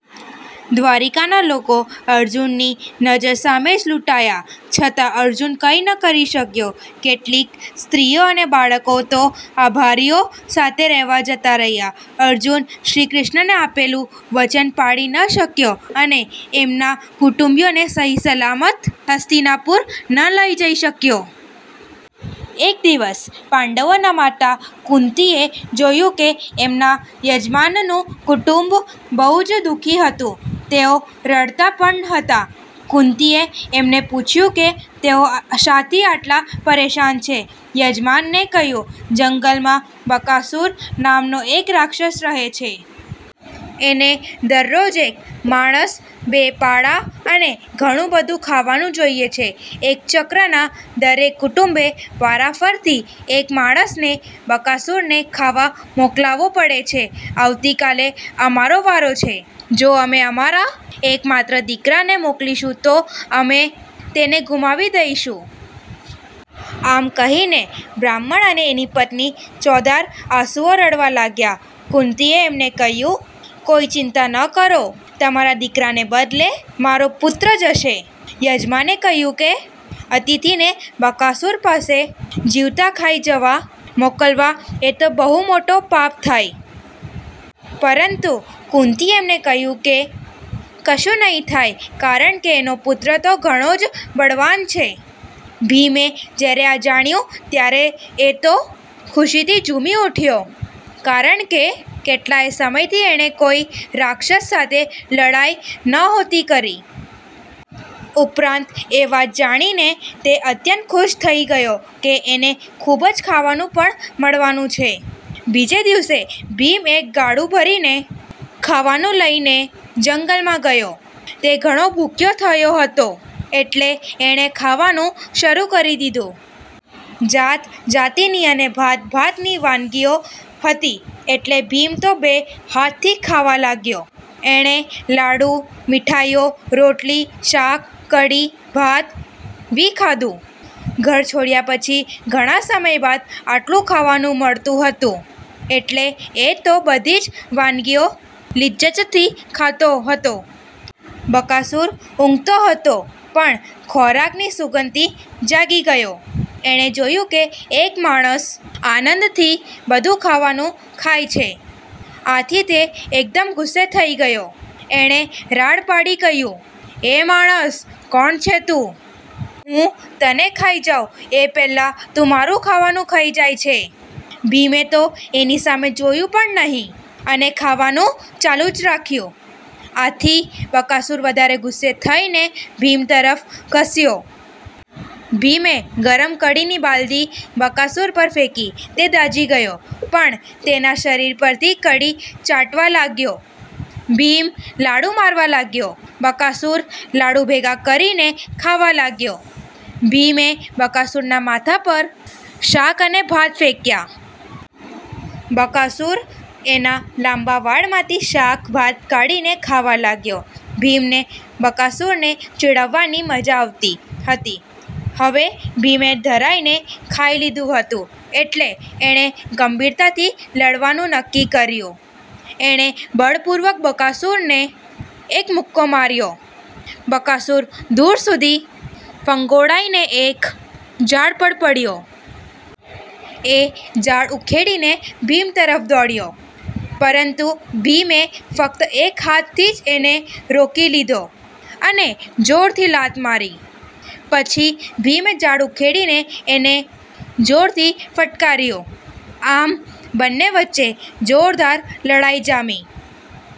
દ્વારિકાના લોકો અર્જુનની નજર સામે જ લુંટાયા છતાં અર્જુન કાંઈ ન કરી શક્યો! કેટલીક સ્ત્રીઓ અને બાળકો તો। આભીરો સાથે રહેવા જતા રહ્યા. અર્જુન શ્રીકૃષ્ણને આપેલું વચન પાળી ન શક્યો અને એમના કુટુંબીઓને સહી સલામત હસ્તિનાપુર ન લઇ જઈ શક્યો. એક દિવસ પાંડવોના માતા કુંતીએ જોયું કે એમના યજમાનનું કુટુંબ બહુ જ દુ:ખી હતું. તેઓ રડતા પણ હતા. કુંતીએ એમને પૂછ્યું કે તેઓ શાથી આટલા પરેશાન છે? યજમાને કહ્યું, "જંગલમાં બકાસુર નામનો એક રાક્ષસ રહે છે. એને દરરોજ એક માણસ, બે પાડા અને ઘણું બધું ખાવાનું જોઈએ છે. એકચક્રના દરેક કુટુંબે વારાફરતી એક માણસને બકાસુરને ખાવા મોકલવો પડે છે. આવતીકાલે અમારો વારો છે. જો અમે અમારા એકમાત્ર દીકરાને મોકલીશું તો અમે તેને ગુમાવી દઈશું". આમ કહીને બ્રાહ્મણ અને એની પત્ની ચોધાર આંસુએ રડવા લાગ્યા. કુંતીએ એમને કહ્યું, "કોઈ ચિંતા ન કરો. તમારા દીકરાને બદલે મારો પુત્ર જશે". યજમાને કહ્યું કે અતિથીને બકાસુર પાસે જીવતા ખાઈ જવા મોકલવા એ તો બહુ મોટું પાપ થાય. પરંતુ કુંતીએ એમને કહ્યું કે કશું નહીં થાય કારણકે એનો પુત્ર તો ઘણો જ બળવાન છે. ભીમે જયારે આ જાણ્યું ત્યારે એ તો ખુશીથી ઝુમી ઉઠ્યો કારણકે કેટલાય સમયથી એણે કોઈ રાક્ષસ સાથે લડાઈ નહોતી કરી. ઉપરાંત એ વાત જાણીને તે અત્યંત ખુશ થઇ ગયો કે એને ખુબ જ ખાવાનું પણ મળવાનું છે! બીજે દિવસે ભીમ એક ગાડું ભરીને ખાવાનું લઈને જંગલમાં ગયો. તે ઘણો ભૂખ્યો થયો હતો એટલે એણે ખાવાનું શરુ કરી દીધું. જાત જાતની અને ભાત ભાતની વાનગીઓ હતી એટલે ભીમ તો બે હાથથી ખાવા લાગ્યો! એણે લાડુ, મીઠાઈઓ, રોટલી, શાક, કઢી, ભાત વિ. ખાધું. ઘર છોડ્યા પછી ઘણા સમય બાદ આટલું ખાવાનું મળતું હતું એટલે એ તો બધી જ વાનગીઓ લિજજતથી ખાતો હતો. બકાસુર ઉંઘતો હતો પણ ખોરાકની સુગંધથી જાગી ગયો. એણે જોયું કે એક માણસ આનંદથી બધું ખાવાનું ખાય છે. આથી તે એકદમ ગુસ્સે થઇ ગયો. એણે રાડ પાડી કહ્યું, "એ માણસ! કોણ છે તું? હું તને ખાઈ જાઉં એ પહેલાં તું મારું ખાવાનું ખાઈ જાય છે? " ભીમે તો એની સામે જોયું પણ નહીં અને ખાવાનું ચાલુ જ રાખ્યું. આથી બકાસુર વધારે ગુસ્સે થઈને ભીમ તરફ ધસ્યો. ભીમે ગરમ કઢીની બાલદી બકાસુર પર ફેંકી. તે દાઝી ગયો પણ તેના શરીર પરથી કઢી ચાટવા લાગ્યો. ભીમ લાડુ મારવા લાગ્યો. બકાસુર લાડુ ભેગા કરીને ખાવા લાગ્યો. ભીમે બકાસુરના માથા પર શાક અને ભાત ફેંક્યા. બકાસુર એના લાંબા વાળમાંથી શાક-ભાત કાઢીને ખાવા લાગ્યો. ભીમને, બકાસુરને ચીડવવાની મજા આવતી હતી. હવે ભીમે ધરાઈને ખાઈ લીધું હતું એટલે એણે ગંભીરતાથી લડવાનું નક્કી કર્યું. એણે બળપૂર્વક બકાસુરને એક મુક્કો માર્યો. બકાસુર દુર સુધી ફંગોળાઈને એક ઝાડ પર પડ્યો. એ ઝાડ ઉખેડીને ભીમ તરફ દોડ્યો. પરંતુ ભીમે ફક્ત એક હાથથી જ એને રોકી લીધો અને જોરથી લાત મારી. પછી ભીમે ઝાડ ઉખેડીને એને જોરથી ફટકાર્યું. આમ બંને વચ્ચે જોરદાર લડાઈ જામી.